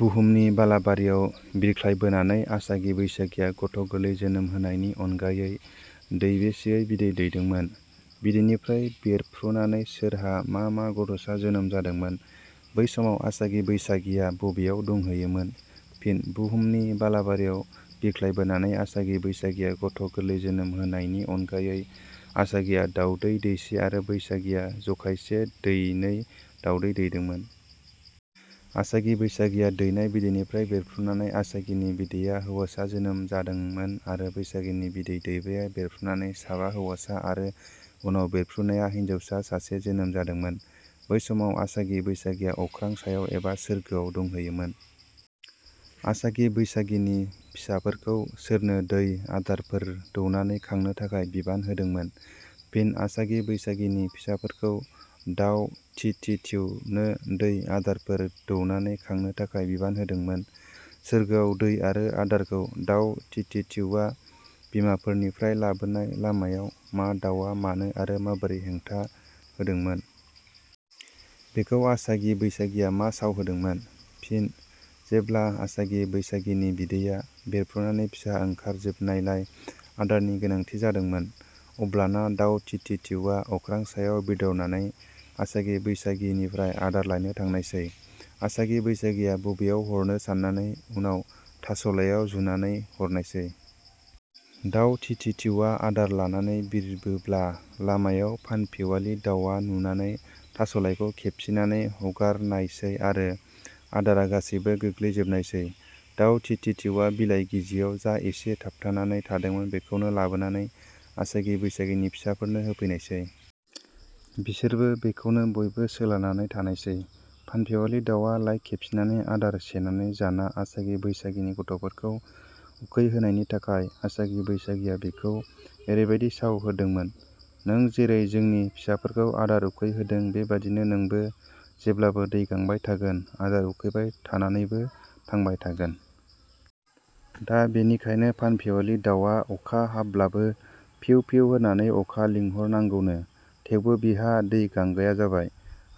बुहुमनि बालाबारियाव बिरख्लायबोनानै आसागि बैसागिया गथ' गोरलै जोनोम होनायनि अनगायै दैबेसेयै बिदै दैदोंमोन? बिदैनिफ्राय बेरफ्रुनानै सोरहा मा मा गथ'सा जोनोम जादोंमोन? बै समाव आसागि बैसागिया बबेयाव दंहैयोमोन? फिन: बुहुमनि बालाबारियाव बिरख्लायबोनानै आसागि बैसागिया गथ' गोरलै जोनोम होनायनि अनगायै आसागिया दावदै दैसे आरो बैसागिया जखायसे दैनै दावदै दैदोंमोन। आसागि बैसागिया दैनाय बिदैनिफ्राय बेरफ्रुनानै आसागिनि बिदैआ हौवासा जोनोम जादोंमोन आरो बैसागिनि बिदै दैबाया बेरफ्रुनानै साबा हौवासा आरो उनाव बेरफ्रुनाया हिनजावसा सासे जोनोम जादोंमोन। बै समाव आसागि बैसागिया अख्रां सायाव एबा सोर्गोआव दंहैयोमोन।. असागि बैसागिनि फिसाफोरखौ सोरनो दै आदारफोर दौनानै खांनो थाखाय बिबान होदोंमोन? फिनः आसागि बैसागिनि फिसाफोरखौ दाउ थि थि थिउनो दै आदारफोर दौनानै खांनो थाखाय बिबान होदोंमोन्।. सोरगोआव दै आरो आदारखौ दाउ थि थि थिउआ बिमाफोरनिफ्राय लाबोनाय लामायाव मा दाउआ मानो आरो माबोरै हेंथा होदोंमोन? बेखौ आसागि बैसागिया मा साव होदोंमोन? फिनः जेब्ला आसागि बैसागिनि बिदैया बेरफुनानै फिसा ओंखारजोबनायलाय आदारनि गोनांथि जादोंमोन अब्लाना दाउ थि थि जिउआ अख्रां सायाव बिरदावनानै आसागि बैसागिनिफ्राय आदार लायनो थांनायसै। आसागि बैसागिया बबेयाव हरनो साननानै उनाव थास'लाइयाव जुनानै हरनायसै। दाउ थि थि थिउआ आदार लानानै बिरबोब्ला लामायाव फानफिवालि दाउआ नुनानै थास'लाइखौ खेबसिनानै हरगारनायसै आरो आदारा गासैबो गोग्लैजोबनायसै। दाउ थि थि थिउआ बिलाइ गिजियाव जा इसे थाबथानानै थादोंमोन बेखौनो लाबोनानै आसागि बैसागिनि फिसाफोरनो होफैनायसै। बिसोरबो बेखौनो बयबो सोलानानै थानायसै। फानफिवालि दाउआ लाइ खेबसिनानै आदार सेनानै जाना आसागि बैसागिनि गथ'फोरखौ उखै होनायनि थाखाय आसागि बैसागिया बिखौ एरैबादि साव होददोंमोन- "नों जेरै जोंनि फिसाफोरखौ आदार उखैहोदों बेबादिनो नोंबो जेब्लाबो दै गांबाय थागोन, आदार उखैबाय थानानैनो थांबाय थागोन"। दा बेनिखायनो फानफिवालि दाउवा अखा हाब्लाबो फिउ फिउ होननानै अखा लिंहर नांगौनो। थेवबो बिहा दै गांगाया जाबाय।.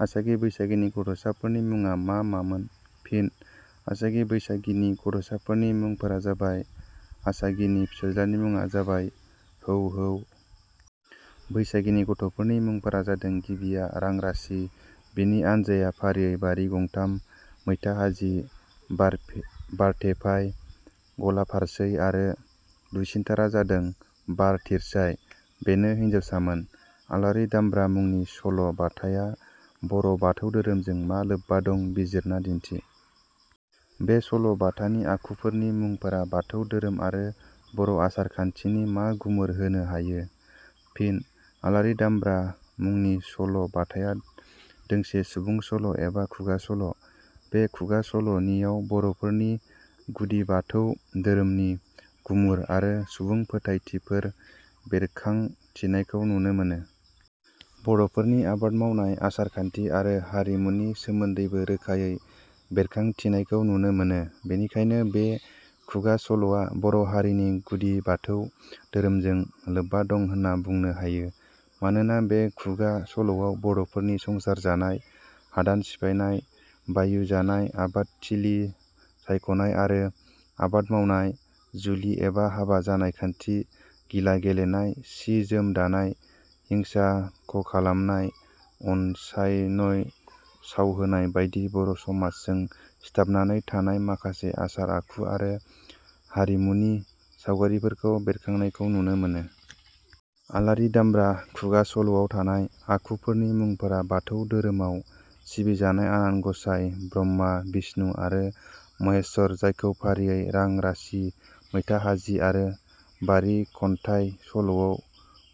आसागि बैसागिनि गथ'साफोरनि मुङा मा मामोन? फिन: आसागि बैसागिनि गथ'साफोरनि मुंफोरा जाबाय- आसागिनि फिसाज्लानि मुङा जाबाय "हौ हौ"। बैसागिनि गथ'फोरनि मुंफोरा जादों गिबिया रांरासि, बिनि आनजाइया फारियै बारिगंथाम, मैथा हाजि, बारथेफाइ, गलाफारसै आरो दुइसिनथारा जादों बार थिरसाइ, बेनो हिनजावसामोन।. आलारि दामब्रा मुंनि सल' बाथाया बर' बाथौ धोरोमजों मा लोब्बा दं बिजिरना दिन्थि। बे सल' बाथानि आखुफोरनि मुंफोरा बाथौ धोरोम आरो बर' आसार खान्थिनि मा गुमुर होनो हायो? फिनः "आलारि दामब्रा" मुंनि सल' बाथाया दोंसे सुबुं सल' एबा खुगा सल'। बे खुगा सल'निआव बर'फोरनि गुदि बाथौ धोरोमनि गुमुर आरो सुबुं फोथायथिफोर बेरखांथिनायखौ नुनो मोनो। बर'फोरनि आबाद मावनाय, आसार खान्थि आरो हारिमुनि सोमोन्दैबो रोखायै बेरखांथिनायखौ नुनो मोनो। बेनिखायनो बे खुगा सल'आ बर' हारिनि गुदि बाथौ धोरोमजों लेब्बा दं होनना बुंनो हायो। मानोना बे खुगा सल'आव बर'फोरनि संसार जानाय, हादान सिफायनाय, बायु जानाय, आबादथिलि सायख'नाय आरो आबाद मावनाय, जुलि एबा हाबा जानाय खान्थि, गिला गेलेनाय, सि जोम दानाय, हिंसा खखालामनाय, अनसायनय, सावहोनाय बायदि बर' समाजजों सिथाबनानै थानाय माखसे आसार आखु आरो हारिमुनि सावगारिफोरखौ बेरखांनायखौ नुनो मोनो। "आलारि दामब्रा" खुगा सल'आव थानाय आखुफोरनि मुंफोरा बाथौ धोरोमआव सिबिजानाय आनान गसाइ ब्रह्मा, बिष्णु आरो महेश्वर जायखौ फारियै रां-रासि, मैथाहाजि आरो बारि खनथाय सल'आव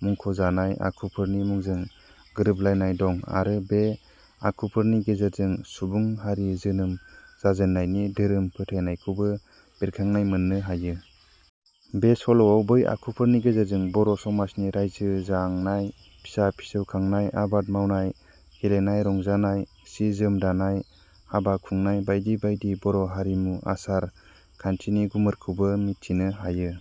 मुंखजानाय आखुफोरनि मुंजों गोरोबलायनाय दं। आरो बे आखु फोरनि गेजेरजों सुबुं हारि जोनोम जाजेननायनि धोरोम फोथायनायखौबो बेरखांनाय मोननो हायो। बे सल'आव बै आखुफोरनि गेजेरजों बर' समाजनि रायजो जांनाय, फिसा-फिसौ खांनाय, आबाद मावनाय, गेलेनाय रंजानाय, सि जोम दानाय, हाबा खुंनाय बायदि बायदि बर' हारिमु आसार खान्थिनि गुमुरखौबो मिथिनो हायो।.